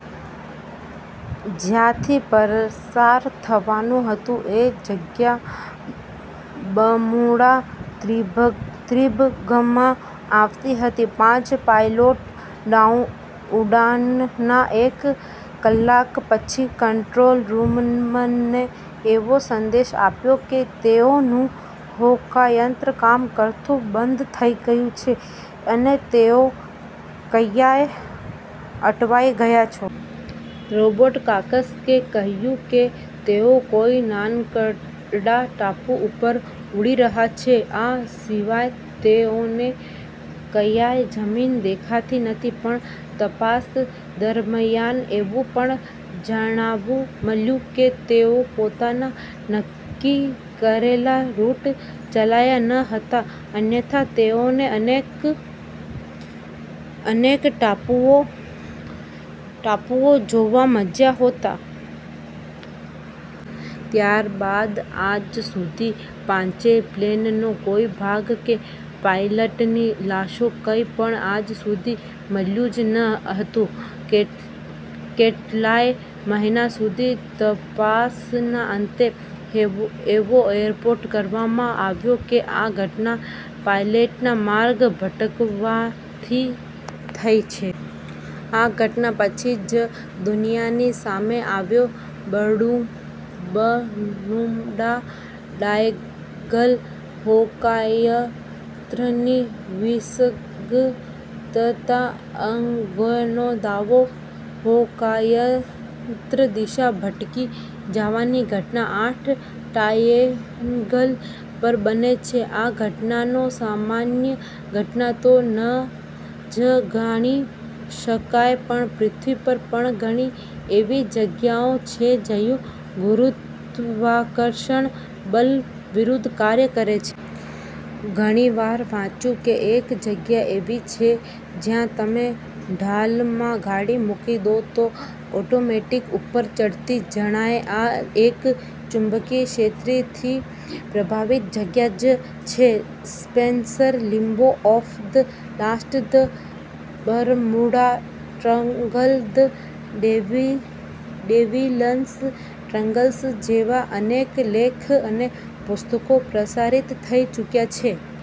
જ્યાથી પસાર થવાનુ હતુ એ જગ્યા બર્મુડા ત્રિભંગમાં આવતી હતી. પાંચ પાઇલોટ ઉડાનના એક કલાક પછી કંટ્રોલરૂમને એવો સંદેશો આપ્યો કે તેઓ નુ હોકાયંત્ર કામ કરતુ બંધ થઈ ગયુ છે. અને તેઓ ક્યાય અટવાઇ ગયા છે. રોબર્ટ કાક્સ કે કહ્યુ કે તેઓ કોઇ નાનકડા ટાપુ ઉપર ઉડી રહ્યા છે. આ સિવાય તેઓને ક્યાય જમીન દેખાતી નથી પણ તપાસ દરમ્યાન એવુ પણ જાણવા મળ્યુ કે તેઓ પોતાના નક્કિ કરેલા રૂટ ચાલ્યા ન હતા અન્યથા તેઓને અનેક ટાપુઓ જોવા મળ્યા હોત. ત્યાર બાદ આજ સુધી પાંચેય પ્લેનનો કોઇ ભાગ કે પાઇલટની લાશો કઈ પણ આજ સુધી મળ્યુ જ ન હતુ. કેટલાય મહિના સુધી તપાસના અંતે એવો રીપોર્ટ કરવામાં આવ્યો કે આ ઘટના પાઇલોટના માર્ગ ભટકવાથી થઈ છે. આ ઘટના પછી જ દુનિયાની સામે આવ્યો બર્મુડા ટ્રાયેન્ગલ. હોકાયંત્રની વિસંગતતા અંગેનો દાવો હોકાયંત્ર દિશા ભટકી જવાની ઘટના આટ ટ્રાયેન્ગલ પર બને છે. આ ઘટનાને સામાન્ય ઘટના તો ન જ ગણી શકાય પણ પૃથ્વી પર પણ ઘણી એવી જગ્યાઓ છે જ્યા ગુરુત્વાકર્ષણ બળ વિરુધ્ધ કાર્ય કરે છે. ઘણીવાર વાંચ્યુ કે એક જગ્યા એવી છે. જ્યા તમે ઢાળમાં ગાડી મુકી દો તો ઓટોમેટીક ઉપર ચડતી જણાય આ એક ચુંબકિય ક્ષેત્રથી પ્રભાવિત જગ્યા જ છે. Spencer limbo of the lost, the Bermuda triangle, the devil's triangles જેવા અનેક લેખ અને પુસ્તકો પ્રસારીત થઈ ચુકયા છે.